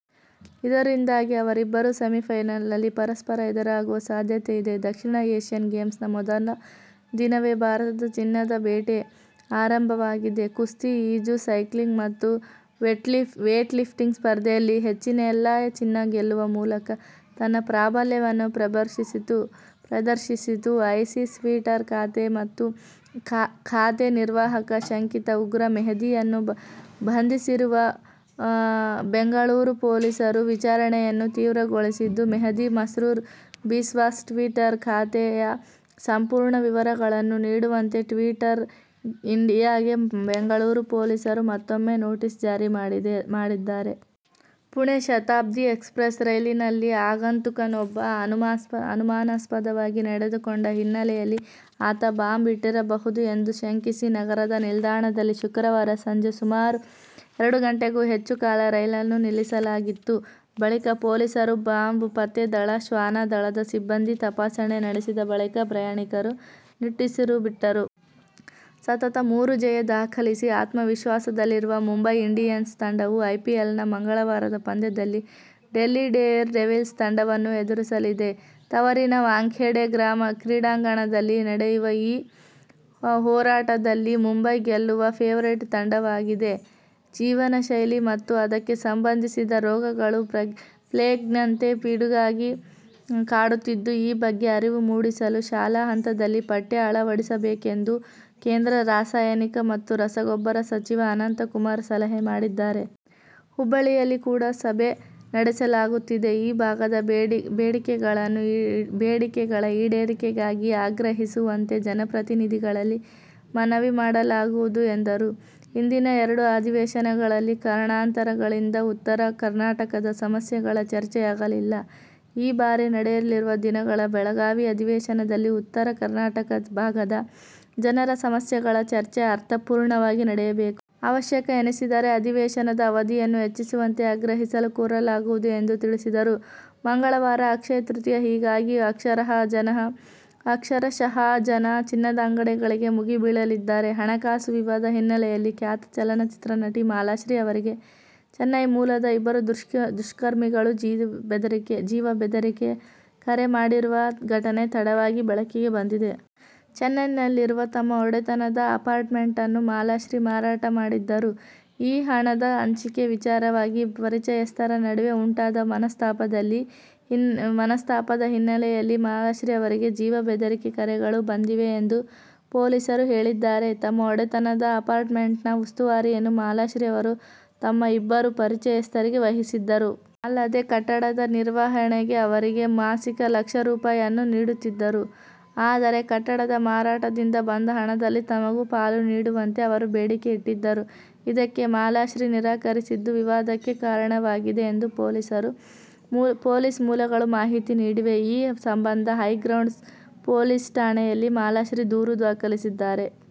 ಇದರಿಂದಾಗಿ ಅವರಿಬ್ಬರು ಸೆಮಿಫೈನಲ್ನಲ್ಲಿ ಪರಸ್ಪರ ಎದುರಾಗುವ ಸಾಧ್ಯತೆಯಿದೆ. ದಕ್ಷಿಣ ಏಶ್ಯನ್ ಗೇಮ್ಸ್ನ ಮೊದಲ ದಿನವೇ ಭಾರತದ ಚಿನ್ನದ ಬೇಟೆ ಆರಂಭವಾಗಿದೆ. ಕುಸ್ತಿ, ಈಜು, ಸೈಕ್ಲಿಂಗ್ ಮತ್ತು ವೇಟ್ಲಿಫ್ಟಿಂಗ್ ಸ್ಪರ್ಧೆಯಲ್ಲಿ ಹೆಚ್ಚಿನೆಲ್ಲ ಚಿನ್ನ ಗೆಲ್ಲುವ ಮೂಲಕ ತನ್ನ ಪ್ರಾಬಲ್ಯವನ್ನು ಪ್ರದರ್ಶಿಸಿತು. ಐಸಿಸ್ ಟ್ವೀಟರ್ ಖಾತೆ ನಿರ್ವಾಹಕ ಶಂಕಿತ ಉಗ್ರ ಮೆಹದಿಯನ್ನು ಬಂಧಿಸಿರುವ ಬೆಂಗಳೂರು ಪೊಲೀಸರು ವಿಚಾರಣೆಯನ್ನು ತೀವ್ರಗೊಳಿಸಿದ್ದು, ಮೆಹದಿ ಮಸ್ರೂರ್ ಬಿಸ್ವಾಸ್ ಟ್ವೀಟರ್ ಖಾತೆಯ ಸಂಪೂರ್ಣ ವಿವರಗಳನ್ನು ನೀಡುವಂತೆ ಟ್ವೀಟರ್ ಇಂಡಿಯಾಗೆ ಬೆಂಗಳೂರು ಪೊಲೀಸರು ಮತ್ತೊಮ್ಮೆ ನೋಟಿಸ್ ಜಾರಿ ಮಾಡಿದ್ದಾರೆ. ಪುಣೆ ಶತಾಬ್ದಿ ಎಕ್ಸಪ್ರಸ್ ರೈಲಿನಲ್ಲಿ ಆಗಂತುಕನೊಬ್ಬ ಅನುಮಾನಾಸ್ಪದವಾಗಿ ನಡೆದುಕೊಂಡ ಹಿನ್ನೆಲೆಯಲ್ಲಿ ಆತ ಬಾಂಬ್ ಇಟ್ಟಿರಬಹುದು ಎಂದು ಶಂಕಿಸಿ ನಗರದ ನಿಲ್ದಾಣದಲ್ಲಿ ಶುಕ್ರವಾರ ಸಂಜೆ ಸುಮಾರು ಎರಡು ಗಂಟೆಗೂ ಹೆಚ್ಚು ಕಾಲ ರೈಲನ್ನು ನಿಲ್ಲಿಸಲಾಗಿತ್ತು. ಬಳಿಕ, ಪೊಲೀಸರು, ಬಾಂಬ್ ಪತ್ತೆ ದಳ, ಶ್ವಾನ ದಳದ ಸಿಬ್ಬಂದಿ ತಪಾಸಣೆ ನಡೆಸಿದ ಬಳಿಕ ಪ್ರಯಾಣಿಕರು ನಿಟ್ಟುಸಿರು ಬಿಟ್ಟರು. ಸತತ ಮೂರು ಜಯ ದಾಖಲಿಸಿ ಆತ್ಮವಿಶ್ವಾಸದಲ್ಲಿರುವ ಮುಂಬೈ ಇಂಡಿಯನ್ಸ್ ತಂಡವು ಐಪಿಎಲ್ನ ಮಂಗಳವಾರದ ಪಂದ್ಯದಲ್ಲಿ ಡೆಲ್ಲಿ ಡೇರ್ಡೆವಿಲ್ಸ್ ತಂಡವನ್ನು ಎದುರಿಸಲಿದೆ. ತವರಿನ ವಾಂಖೇಡೆ ಕ್ರೀಡಾಂಗಣದಲ್ಲಿ ನಡೆಯುವ ಈ ಹೋರಾಟದಲ್ಲಿ ಮುಂಬೈ ಗೆಲ್ಲುವ ಫೇವರಿಟ್ ತಂಡವಾಗಿದೆ. ಜೀವನಶೈಲಿ ಮತ್ತು ಅದಕ್ಕೆ ಸಂಬಂಧಿಸಿದ ರೋಗಗಳು ಪ್ಲೇಗ್ನಂತೆ ಪಿಡುಗಾಗಿ ಕಾಡುತ್ತಿದ್ದು, ಈ ಬಗ್ಗೆ ಅರಿವು ಮೂಡಿಸಲು ಶಾಲಾ ಹಂತದಲ್ಲಿ ಪಠ್ಯ ಅಳವಡಿಸಬೇಕು ಎಂದು ಕೇಂದ್ರ ರಾಸಾಯನಿಕ ಮತ್ತು ರಸಗೊಬ್ಬರ ಸಚಿವ ಅನಂತಕುಮಾರ್ ಸಲಹೆ ಮಾಡಿದ್ದಾರೆ. ಹುಬ್ಬಳ್ಳಿಯಲ್ಲಿ ಕೂಡ ಸಭೆ ನಡೆಸಲಾಗುತ್ತಿದೆ. ಈ ಭಾಗದ ಬೇಡಿಕೆಗಳ ಈಡೇರಿಕೆಗಾಗಿ ಆಗ್ರಹಿಸುವಂತೆ ಜನಪ್ರತಿನಿಧಿಗಳಲ್ಲಿ ಮನವಿ ಮಾಡಲಾಗುವುದು ಎಂದರು. ಹಿಂದಿನ ಎರಡು ಅಧಿವೇಶನಗಳಲ್ಲಿ ಕಾರಣಾಂತರಗಳಿಂದ ಉತ್ತರ ಕರ್ನಾಟಕದ ಸಮಸ್ಯೆಗಳ ಚರ್ಚೆಯಾಗಲಿಲ್ಲ. ಈ ಬಾರಿ ನಡೆಯಲಿರುವ ದಿನಗಳ ಬೆಳಗಾವಿ ಅಧಿವೇಶನದಲ್ಲಿ ಉತ್ತರ ಕರ್ನಾಟಕ ಭಾಗದ ಜನರ ಸಮಸ್ಯೆಗಳ ಚರ್ಚೆ ಅರ್ಥಪೂರ್ಣವಾಗಿ ನಡೆಯಬೇಕು. ಅವಶ್ಯಕ ಎನಿಸಿದರೆ ಅಧಿವೇಶನದ ಅವಧಿಯನ್ನು ಹೆಚ್ಚಿಸುವಂತೆ ಆಗ್ರಹಿಸಲು ಕೋರಲಾಗುವುದು ಎಂದು ತಿಳಿಸಿದರು. ಮಂಗಳವಾರ ಅಕ್ಷಯ ತೃತೀಯ. ಹೀಗಾಗಿ ಅಕ್ಷರಶಃ ಜನ ಚಿನ್ನದ ಅಂಗಡಿಗಳಿಗೆ ಮುಗಿಬೀಳಲಿದ್ದಾರೆ. ಹಣಕಾಸು ವಿವಾದ ಹಿನ್ನೆಲೆಯಲ್ಲಿ ಖ್ಯಾತ ಚಲನಚಿತ್ರ ನಟಿ ಮಾಲಾಶ್ರೀ ಅವರಿಗೆ ಚೆನ್ನೈ ಮೂಲದ ಇಬ್ಬರು ದುಷ್ಕರ್ಮಿಗಳು ಜೀವ ಬೆದರಿಕೆ ಕರೆ ಮಾಡಿರುವ ಘಟನೆ ತಡವಾಗಿ ಬೆಳಕಿಗೆ ಬಂದಿದೆ. ಚೆನ್ನೈನಲ್ಲಿರುವ ತಮ್ಮ ಒಡೆತನದ ಅಪಾರ್ಟ್ಮೆಂಟ್ ಅನ್ನು ಮಾಲಾಶ್ರೀ ಮಾರಾಟ ಮಾಡಿದ್ದರು. ಈ ಹಣದ ಹಂಚಿಕೆ ವಿಚಾರವಾಗಿ ಪರಿಚಯಸ್ಥರ ನಡುವೆ ಉಂಟಾದ ಮನಸ್ತಾಪದ ಹಿನ್ನೆಲೆಯಲ್ಲಿ ಮಾಲಾಶ್ರೀ ಅವರಿಗೆ ಬೆದರಿಕೆ ಕರೆಗಳು ಬಂದಿವೆ ಎಂದು ಪೊಲೀಸರು ಹೇಳಿದ್ದಾರೆ. ತಮ್ಮ ಒಡೆತನದ ಅಪಾರ್ಟ್ಮೆಂಟ್ನ ಉಸ್ತುವಾರಿಯನ್ನು ಮಾಲಾಶ್ರೀ ಅವರು ತಮ್ಮ ಇಬ್ಬರು ಪರಿಚಯಸ್ಥರಿಗೆ ವಹಿಸಿದ್ದರು. ಅಲ್ಲದೆ, ಕಟ್ಟಡದ ನಿರ್ವಹಣೆಗೆ ಅವರಿಗೆ ಮಾಸಿಕ ಲಕ್ಷ ರೂ. ಅನ್ನು ನೀಡುತ್ತಿದ್ದರು. ಆದರೆ ಕಟ್ಟಡದ ಮಾರಾಟದಿಂದ ಬಂದ ಹಣದಲ್ಲಿ ತಮಗೂ ಪಾಲು ನೀಡುವಂತೆ ಅವರು ಬೇಡಿಕೆ ಇಟ್ಟಿದ್ದರು. ಇದಕ್ಕೆ ಮಾಲಾಶ್ರೀ ನಿರಾಕರಿಸಿದ್ದು ವಿವಾದಕ್ಕೆ ಕಾರಣವಾಗಿದೆ ಎಂದು ಪೊಲೀಸ್ ಮೂಲಗಳು ಮಾಹಿತಿ ನೀಡಿವೆ. ಈ ಸಂಬಂಧ ಹೈಗ್ರೌಂಡ್ಸ್ ಪೊಲೀಸ್ ಠಾಣೆಗೆ ಮಾಲಾಶ್ರೀ ದೂರು ದಾಖಲಿಸಿದ್ದಾರೆ.